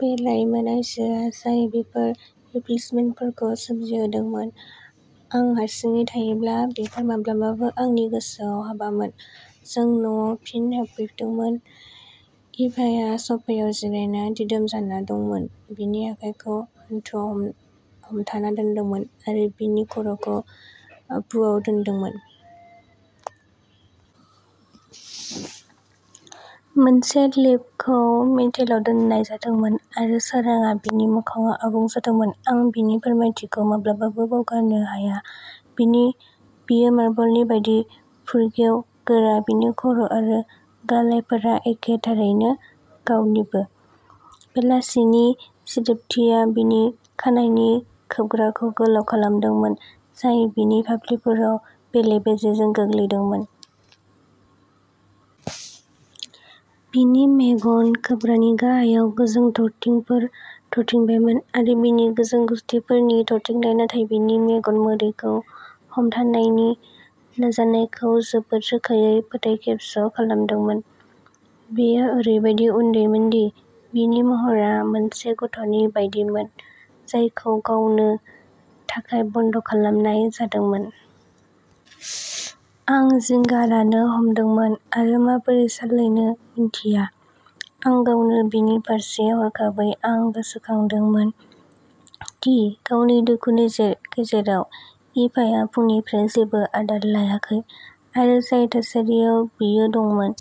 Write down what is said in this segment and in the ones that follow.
बे लाइमोन आइजोआ जाय बेफोर रिफ्लेसमेनफोरखौ सोमजिहोदोंमोन, आं हारसिङै थायोब्ला बेफोर माब्लाबाबो आंनि गोसोआव हाबामोन। जों न'आव फिन हाबफैदोंमोन। इभाया सफायाव जिरायना दिदोम जाना दंमोन, बिनि आखाइखौ हान्थुआव हमथाना दोनदोंमोन आरो बिनि खर'खौ आबुआव दोन्दोंमोन। मोनसे लेपखौ मेटेलाव दोननाय जादोंमोन आरो सोरांआ बिनि मोखांआव आबुं जादोंमोन। आं बिनि फोरमायथिखौ माब्लाबाबो बावगारनो हाया बियो मार्बलनि बायदि फुरगेव गोरा बिनि खर' आरो गालेफोरा एखे थारैनो गाबनिमोन, बेलासानि सिदोबथिया बिनि खानाइनि खोबग्राखौ गोलाव खालामदोंमोन, जाय बिनि फाफ्लिफोराव बेले-बेजेजों गोग्लैदोंमोन। बिनि मेगन-खोबग्रानि गाहायाव गोजों थरथिंफोर थरथिंबायमोन आरो बिनि गोजों गुसथिफोरनि थरथिंनाय नाथाय बिनि मेगन मोदैखौ हमथानायनि नाजानायखौ जोबोद रोखायै फोथायखेबस' खालामदोंमोन। बियो ओरैबायदि उन्दै मोनदि बिनि महरा मोनसे गथ'नि बायदिमोन जायखौ गावनो थाखाय बन्द' खालामनाय जादोंमोन। आं जिंगा लानो हमदोंमोन आरो माबोरै सालायनो मोनथिया। आं गावनो बिनि फारसे हरखाबै आं गोसोखांदोंमोन दि गावनि दुखुनि गेजेराव इभाया फुंनिफ्राय जेबो आदार लायाखै आरो जाय थासारियाव बियो दंमोन,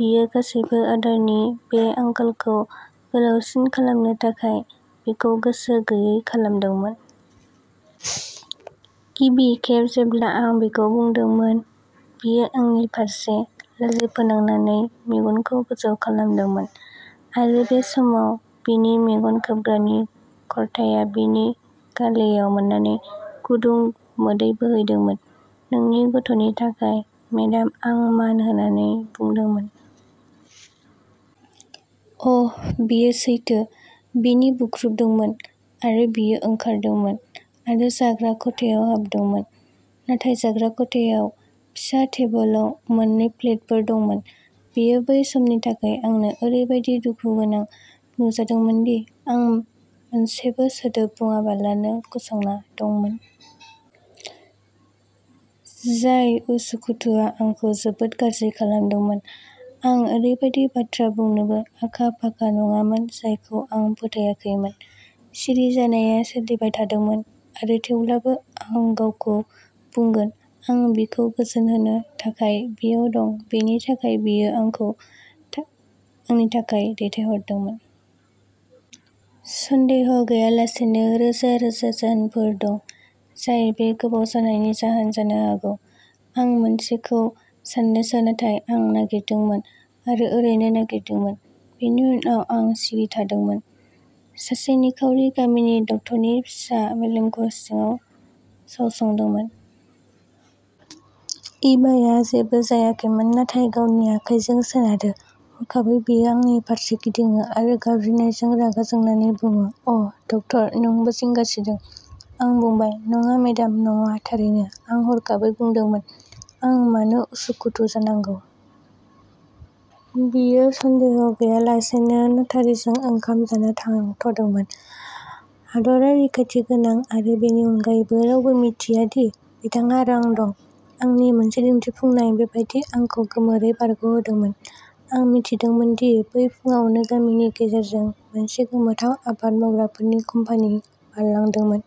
बियो गासैबो आदारनि बे आंखालखौ गोलावसिन खालामनो थाखाय बेखौ गोसो गैयै खालामदोंमोन। गिबि खेब जेब्ला आं बेखौ बुंदोंमोन, बियो आंनि फारसे लाजिफोनांनानै मेगनखौ गोजौ खालामदोंमोन आरो बे समाव बिनि मेगन खोबग्रानि खारथाया बिनि गालेआव मोननै गुदुं मोदै बोहैहोदोंमोन नोंनि गथ'नि थाखाय मेडाम आं मान होनानै बुंदोंमोन। अह बेयो सैथो बियो बुख्रुबदोंमोन आरो बियो ओंखारदोंमोन आरो जाग्रा खथायाव हाबदोंमोन। नाथाय जाग्रा खथायाव फिसा टेबोलाव मोननै प्लेटफोर दंमोन, बेयो बै समनि थाखाय आंनो ओरैबादि दुखुगोनां नुजादोंमोनदि आं मोनसेबो सोदोब बुंआलाबानो गसंना दंमोन। जाय उसुखुथुआ आंखौ जोबोद गाज्रि खालामदोंमोन। आं ओरैबायदि बाथ्रा बुंनोबो आखा-फाखा नङामोन जायखौ आं फोथायाखैमोन। सिरि जानाया सोलिबाय थादोंमोन आरो थेवब्लाबो, आं गावखौ बुंगोन, आं बिखौ गोजोन होनो थाखाय बेयाव दं बेनि थाखाय बियो आंनि थाखाय दैथायहरदोंमोन। सन्देह गैयालासेनो, रोजा-रोजा जाहोनफोर दं जाय बे गोबाव जानायनि जाहोन जानो हागौ, आं मोनसेखौ सान्नोसै नाथाय आं नागिरदोंमोन आरो ओरैनो नागिरदोंमोन। बेनि उनाव आं सिरि थादोंमोन, सासे निखावरि गामिनि डाक्टारनि फिसा मेलेमखौ सिङाव सावसंदोंमोन। इभाया जेबो जायाखैमोन, नाथाय गावनि आखाइजों सोनारो। हरखाबै बियो आंनि फारसे गिदिङो आरो गाबज्रिनायजों रागा जोंनानै बुङो अह, डक्ट'र नोंबो जिंगासिदों, आं बुंबाय नङा मेडाम नङा थारैनो, आं हरखाबै बुंदोंमोन, आं मानो उसुखुथु जानांगौ? बियो, सन्देह गैयालासेनो, नटारिजों ओंखाम जानो थाद'दोंमोन। हादरा रैखाथि गोनां आरो बेनि अनगायैबो रावबो मिन्थिया दि बिथांहा रां दं।" आंनि मोनसे दिन्थिफुंनाया बेबायदि आंखौ गोमोरै बारग'दोंमोन। आं मिथिदोंमोन दि बै फुंआवनो गामिनि गेजेरजों मोनसे गोमोथाव आबाद मावग्राफोरनि कम्पानी बारलांदोंमोन।